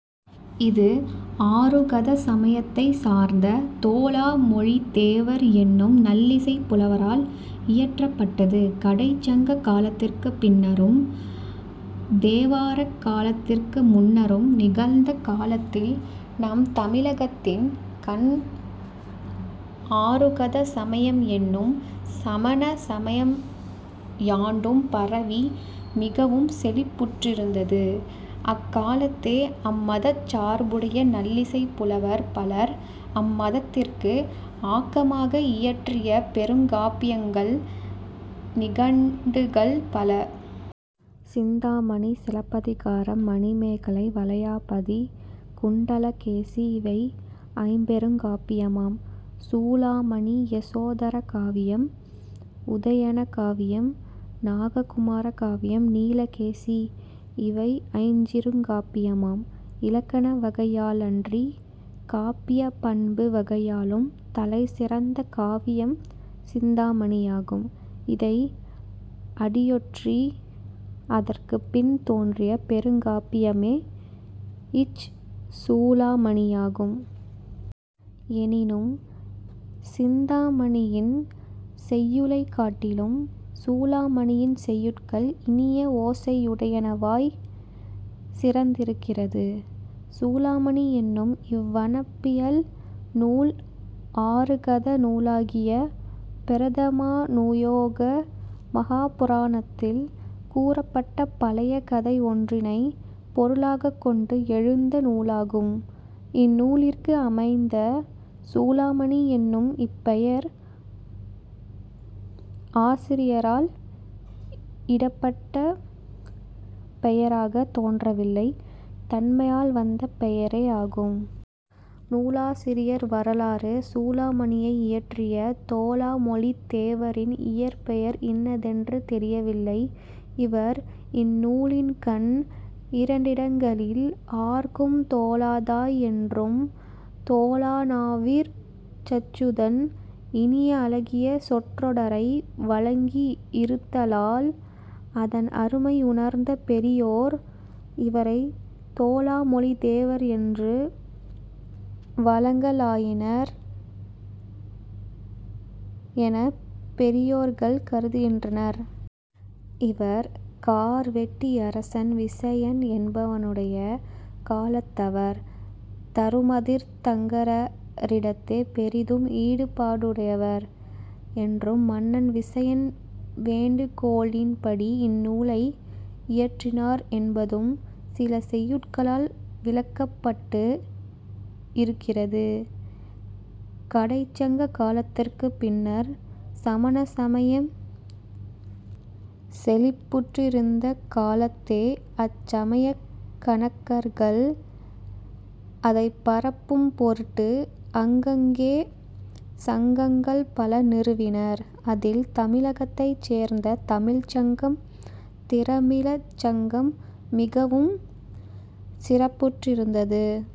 இது ஆருகத சமயத்தைச் சார்ந்த தோலாமொழித்தேவர் என்னும் நல்லிசைப் புலவரால் இயற்றப்பட்டது. கடைச்சங்க காலத்திற்குப் பின்னரும் தேவாரக் காலத்திற்கு முன்னரும் நிகழ்ந்த காலத்தில் நம் தமிழகத்தின் கண் ஆருகத சமயம் என்னும் சமண சமயம் யாண்டும் பரவி மிகவும் செழிப்புற்றிருந்தது. அக்காலத்தே அம்மதச் சார்புடைய நல்லிசைப் புலவர் பலர் அம் மதத்திற்கு ஆக்கமாக இயற்றிய பெருங்காப்பியங்கள், நிகண்டுகள் பல. சிந்தாமணி, சிலப்பதிகாரம், மணிமேகலை, வளையாபதி, குண்டலகேசி இவை ஐம்பெருங்காப்பியமாம். சூளாமணி, யசோதர காவியம், உதயண காவியம், நாககுமார காவியம், நீலகேசி இவை ஐஞ்சிறுகாப்பியமாம். இலக்கண வகையாலன்றிக் காப்பியப் பண்பு வகையாலும் தலை சிறந்த காவியம் சிந்தாமணியாகும். இதை அடியொற்றி அதற்குப் பின் தோன்றிய பெருங்காப்பியமே இச் சூளாமணியாகும். எனினும், சிந்தாமணியின் செய்யுளைக் காட்டிலும் சூளாமணியின் செய்யுட்கள் இனிய ஓசையுடையனவாய்ச் சிறந்திருக்கிறது. சூளாமணி என்னும் இவ் வனப்பியல் நூல் ஆருகத நூலாகிய பிரதமாநுயோக மகாபுராணத்தில் கூறப்பட்ட பழைய கதை ஒன்றினை பொருளாகக் கொண்டு எழுந்த நூலாகும். இந்நூலிற்கு அமைந்த சூளாமணி என்னும் இப் பெயர் ஆசிரியரால் இடப்பட்ட பெயராகத் தோன்றவில்லை, தன்மையால் வந்த பெயரே ஆகும். நூலாசிரியர் வரலாறு சூளாமணியை இயற்றிய தோலாமொழித் தேவரின் இயற்பெயர் இன்னதென்று தெரியவில்லை. இவர் இந்நூலின்கண் இரண்டிடங்களில் 'ஆர்க்கும் தோலாதாய்' என்றும், 'தோலாநாவிற் சச்சுதன்' இனிய அழகிய சொற்றொடரை வழங்கி யிருத்தலால் அதன் அருமை உணர்ந்த பெரியோர் இவரைத் தோலாமொழித் தேவர் என்று வழங்கலாயினர் என பெரியோர்கள் கருதுகின்றனர். இவர் கார்வெட்டியரசன் விசயன் என்பவனுடைய காலத்தவர், தருமதீர்த்தங்கரரிடத்தே பெரிதும் ஈடுபாடுடையவர் என்றும் மன்னன் விசயன் வேண்டுகோளின்படி இந்நூலை இயற்றினார் என்பதும் சில செய்யுட்களால் விளக்கப்பட்டு இருக்கிறது. கடைச் சங்க காலத்திற்குப் பின்னர்ச் சமண சமயம் செழிப்புற்றிருந்த காலத்தே அச் சமயக் கணக்கர்கள் அதை பரப்பும் பொருட்டு அங்கங்கே சங்கங்கள் பல நிறுவினர், அதில் தமிழகத்தைச் சேர்ந்த தமிழ்ச்சங்கம் திரமிள சங்கம் மிகவும் சிறப்புற்றிருந்தது.